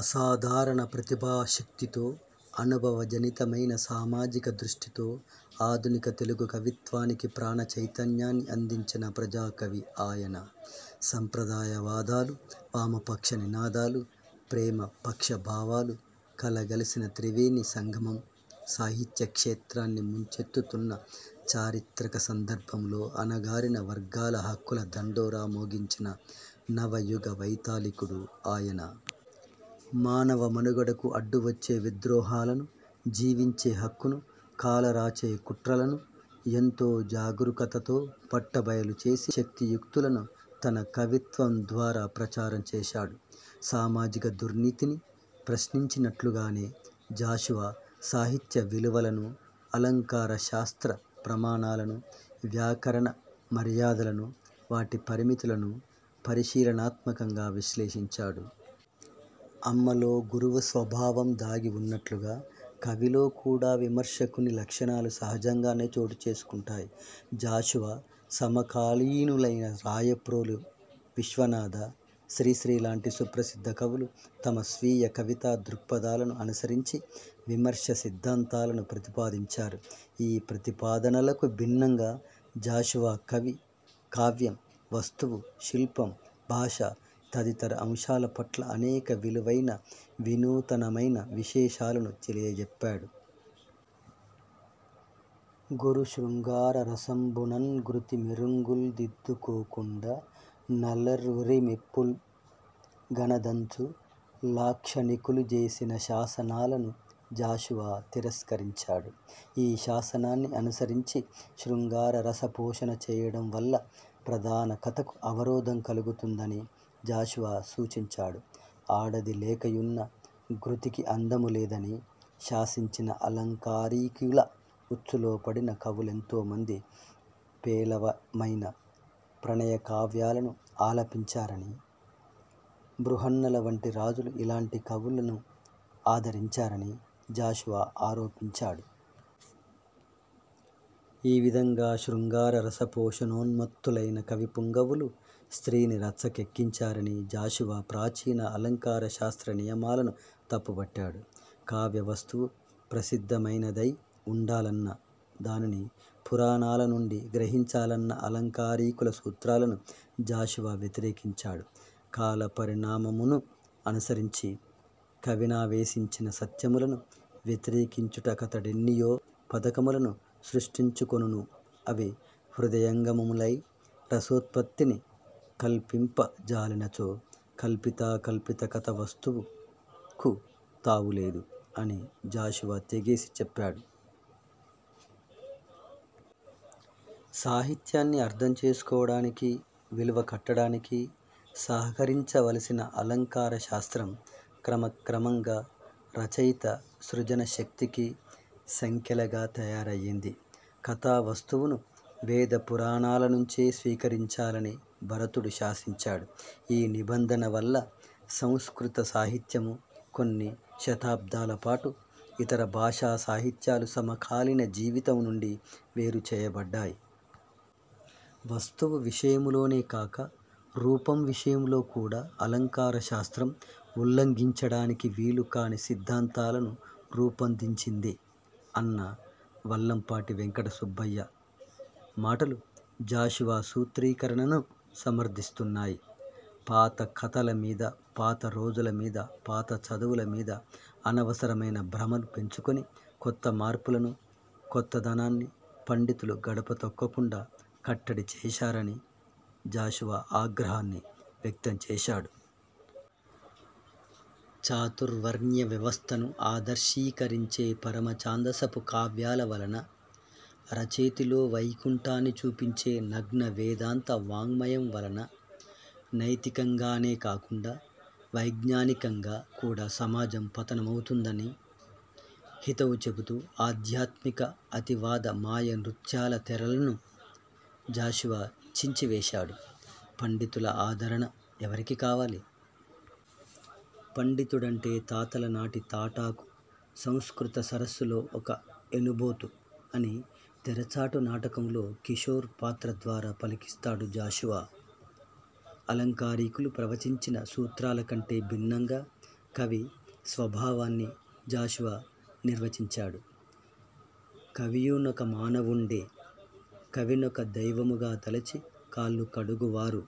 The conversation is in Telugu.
అసాధారణ ప్రతిభాశక్తితో అనుభవజనితమైన సామాజిక దృష్టితో ఆధునిక తెలుగు కవిత్వానికి ప్రాణ చైతన్యాన్ని అందించిన ప్రజాకవి ఆయన. సంప్రదాయ వాదాలు, వామపక్ష నినాదాలు, 'ప్రేమ' పక్ష భావాలు కలగలసిన త్రివేణి సంగమం సాహిత్య క్షేత్రాన్ని ముంచెత్తుతున్న చారిత్రక సందర్భంలో అణగారిన వర్గాల హక్కుల దండోరా మోగించిన నవయుగ వైతాళికుడు ఆయన. మానవ మనుగడకు అడ్డువచ్చే విద్రోహాలను, జీవించేహక్కును కాలరాచే కుట్రలను ఎంతో జాగురూకతతో బట్టబయలు చేసి, శక్తియుక్తులను తన కవిత్వం ద్వారా ప్రచారం జేశాడు. సామాజిక దుర్నీతిని ప్రశ్నించినట్లుగానే జాషువా సాహిత్య విలువలను, అలంకార శాస్త్ర ప్రమాణాలను, వ్యాకరణ మర్యాదలను, వాటి పరిమితులను పరిశీలనాత్మకంగా విశ్లేషించాడు. అమ్మలో గురువు స్వభావం దాగి ఉన్నట్లుగా కవిలో కూడా విమర్శకుని లక్షణాలు సహజంగానే చోటుచేసుకుంటాయి. జాషువా సమకాలీనులైన రాయప్రోలు, విశ్వనాథ, శ్రీశ్రీ లాంటి సుప్రసిద్థ కవులు తమ స్వీయ కవితా దృక్పథాలను అనుసరించి విమర్శ సిద్థాంతాలను ప్రతిపాదించారు. ఈ ప్రతిపాదనలకు భిన్నంగా జాషువా కవి, కావ్యం, వస్తువు, శిల్పం, భాష తదితర అంశాలపట్ల అనేక విలువైన, వినూతనమైన విశేషాలను తెలియజెప్పాడు. ''గురు శృంగార రసంబునన్ గృతి మెఱుంగుల్ దిద్దుకోకుండ న/ లర్వురిమెప్పుల్ గనదంచు'' లాక్షణికులు చేసిన శాసనాలను జాషువా తిరస్కరించాడు. ఈ శాసనాన్ని అనుసరించి శృంగార రస పోషణ చేయడం వల్ల ప్రధాన కథకు అవరోధం కలుగుతుందని జాషువా సూచించాడు. ''ఆడది లేకయున్న గృతికి అందములేదని'' శాసించిన ఆలంకారీకుల ఉచ్చులో పడిన కవులెంతోమంది పేలవమైన ప్రణయ కావ్యాలను ఆలపించారని, బృహన్నల వంటి రాజులు ఇలాంటి కవులను ఆదరించారని జాషువా ఆరోపించాడు. ఈ విధంగా శృంగార రస పోషణోన్మత్తులైన కవి పుంగవులు స్త్రీని రచ్చకెక్కించారని జాషువా ప్రాచీన అలంకార శాస్త్ర నియమాలను తప్పుబట్టాడు. కావ్య వస్తువు ప్రసిద్ధమైనదై ఉండాలన్న, దానిని పురాణాల నుండి గ్రహించాలన్న ఆలంకారికుల సూత్రాలను జాషువా వ్యతిరేకించాడు. ''కాల పరిణామమునను అనుసరించి కవినావేసించిన సత్యములను వ్యక్తీకరించుటకతడెన్నియో పథకములను సృష్టించుకొనును అవి హృదయంగమములై రసోత్పత్తిని గల్గింప జాలినచో కల్పితాకల్పితా కథా వస్తువుకు తావులేదు'' అని జాషువా తెగేసి చెప్పాడు. ''సాహిత్యాన్ని అర్థం చేసుకోవడానికి, విలువ కట్టడానికి సహకరించ వలసిన అలంకార శాస్త్రం క్రమక్రమంగా రచయిత సృజనశక్తికి సంకెలగా తయారయ్యింది. కథా వస్తువును వేదపురాణాలనుంచే స్వీకరించాలని భరతుడు శాసించాడు. ఈ నిబంధన వల్ల సంస్కృత సాహిత్యము, కొన్ని శతాబ్దాలపాటు ఇతర భాషా సాహిత్యాలు సమకాలీన జీవితం నుండి వేరుచేయబడ్డాయి. వస్తువు విషయములోనేకాక రూపం విషయంలో కూడా అలంకార శాస్త్రం ఉల్లంఘించడానికి వీలుకాని సిద్థాంతాలను రూపొందించింది'' అన్న వల్లంపాటి వెంకటసుబ్బయ్య మాటలు జాషువా సూత్రీకరణను సమర్థిస్తున్నాయి. ''పాత కథల మీద, పాత రోజుల మీద, పాత చదువుల మీద అనవసరమైన భ్రమలు పెంచుకొని, కొత్త మార్పులను, కొత్తదనాన్ని పండితులు గడప తొక్కకుండా కట్టడి చేశార''ని జాషువా ఆగ్రహాన్ని వ్యక్తం చేశాడు. చాతుర్వర్ణ్య వ్యవస్థను ఆదర్శీకరించే 'పరమ ఛాందసపు కావ్యాల' వలన, అరచేతిలో వైకుంఠాన్ని చూపించే 'నగ్న వేదాంత వాజ్మయం' వలన నైతికంగానే కాకుండా వైజ్ఞానికంగా కూడా సమాజం పతనమవుతుందని హితవు చెబుతూ ఆధ్యాత్మిక అతివాద ''మాయ నృత్యాల తెరల''ను జాషువా చించివేశాడు. ''పండితుల ఆదరణ ఎవరికి కావాలి? పండితుడంటే తాతలనాటి తాటాకు, సంస్కృత సరస్సులో ఒక ఎనుబోతు'' అని తెరచాటు నాటకంలో కిశోర్ పాత్ర ద్వారా పలకిస్తాడు జాషువా. ఆలంకారికులు ప్రవచించిన సూత్రాలకంటే భిన్నంగా కవి స్వభావాన్ని జాషువా నిర్వచించాడు. ''కవియునొక మానవుండే / కవినొక దైవముగ దలచి కాళ్ళు కడుగువారు''